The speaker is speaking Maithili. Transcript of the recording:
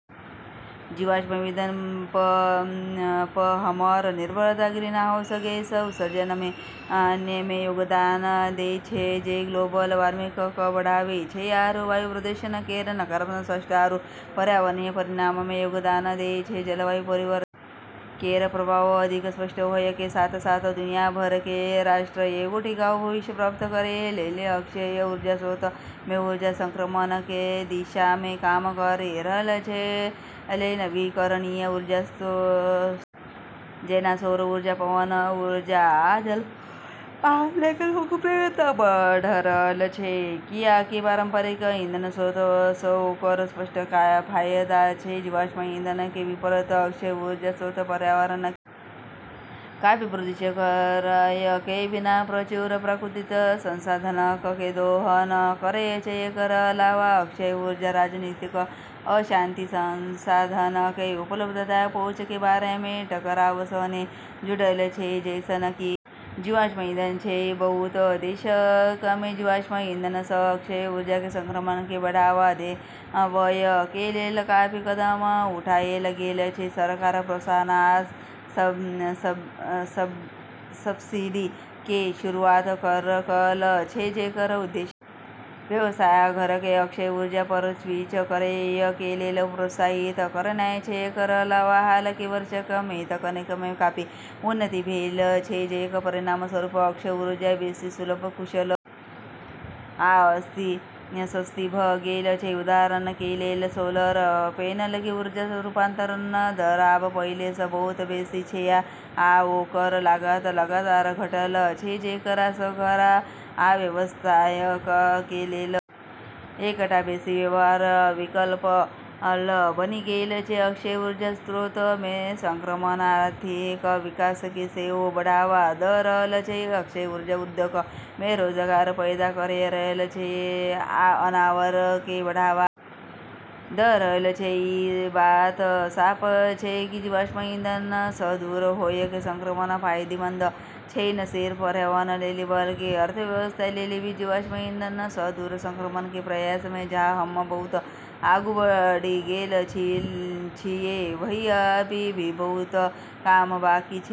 जीवाश्म ईंधन प हमरऽ निर्भरता ग्रीनहाउस गैस उत्सर्जन मे योगदान दै छै जे ग्लोबल वार्मिंग कं बढ़ाबै छै आरू वायु प्रदूषण केरऽ नकारात्मक स्वास्थ्य आरू पर्यावरणीय परिणाम मे योगदान दै छै, जलवायु परिवर्तन केरऽ प्रभाव अधिक स्पष्ट होय के साथ-साथ दुनिया भर के राष्ट्र एगो टिकाऊ भविष्य प्राप्त करै लेली अक्षय ऊर्जा स्रोतऽ मे ऊर्जा संक्रमण के दिशा मे काम करी रहलऽ छै, नवीकरणीय ऊर्जा स्रोत जेना सौर ऊर्जा, पवन ऊर्जा, आ जल ऊर्जा, आ अन्य कें लोकप्रियता बढ़ रहल छै, कियाकि पारंपरिक ईंधन स्रोत सं ओकर स्पष्ट फायदा छै, जीवाश्म ईंधन कें विपरीत अक्षय ऊर्जा स्रोत पर्यावरण कें काफी प्रदूषित करय कें बिना प्रचुर प्राकृतिक संसाधनक कें दोहन करय छै, एकरऽ अलावा अक्षय ऊर्जा राजनीतिक अशांति, संसाधनऽ के उपलब्धता या पहुँच के बारे मे टकराव सं नै जुड़लऽ छै जैसनऽ कि जीवाश्म ईंधन छै, बहुत देशक मे जीवाश्म ईंधन सं अक्षय ऊर्जा मे संक्रमण कें बढ़ावा देवय कें लेल काफी कदम उठाएल गेल छै, सरकारक प्रोत्साहन आ सब्सिडी कें शुरूआत करलक छै जेकर उद्देश्य व्यवसाय आ घरक कें अक्षय ऊर्जा पर स्विच करय कें लेल प्रोत्साहित करनाय छै, एकर अलावा हाल कें वर्षक मे तकनीक मे काफी उन्नति भेल छै जेकर परिणामस्वरूप अक्षय ऊर्जा बेसि सुलभ, कुशल आ सस्ती भ गेल छै, उदाहरण कें लेल सोलर पैनल कें ऊर्जा रूपांतरण दर आब पहिले सं बहुत बेसि छै आ ओकर लागत लगातार घटल छै जेकरा सं घर आ व्यवसायक कें लेल एकटा बेसि व्यवहार विकल्प बनि गेल छै, अक्षय ऊर्जा स्रोत मे संक्रमण आर्थिक विकास कें सेहो बढ़ावा द रहल छै, अक्षय ऊर्जा उद्योग मे रोजगार पैदा करय रहल छै आ नवाचार कें बढ़ावा द रहल छै, ई बात साफ छै कि जीवाश्म ईंधन स दूर होय के संक्रमण फायदेमंद छै न सिर्फ पर्यावरण लेली बल्कि अर्थव्यवस्था लेली भी, जीवाश्म ईंधन सं दूर संक्रमण के प्रयास मे जहाँ हम्म बहुत आगू बढ़ी गेल छियै, वहीं अभी भी बहुत काम बाकी छै।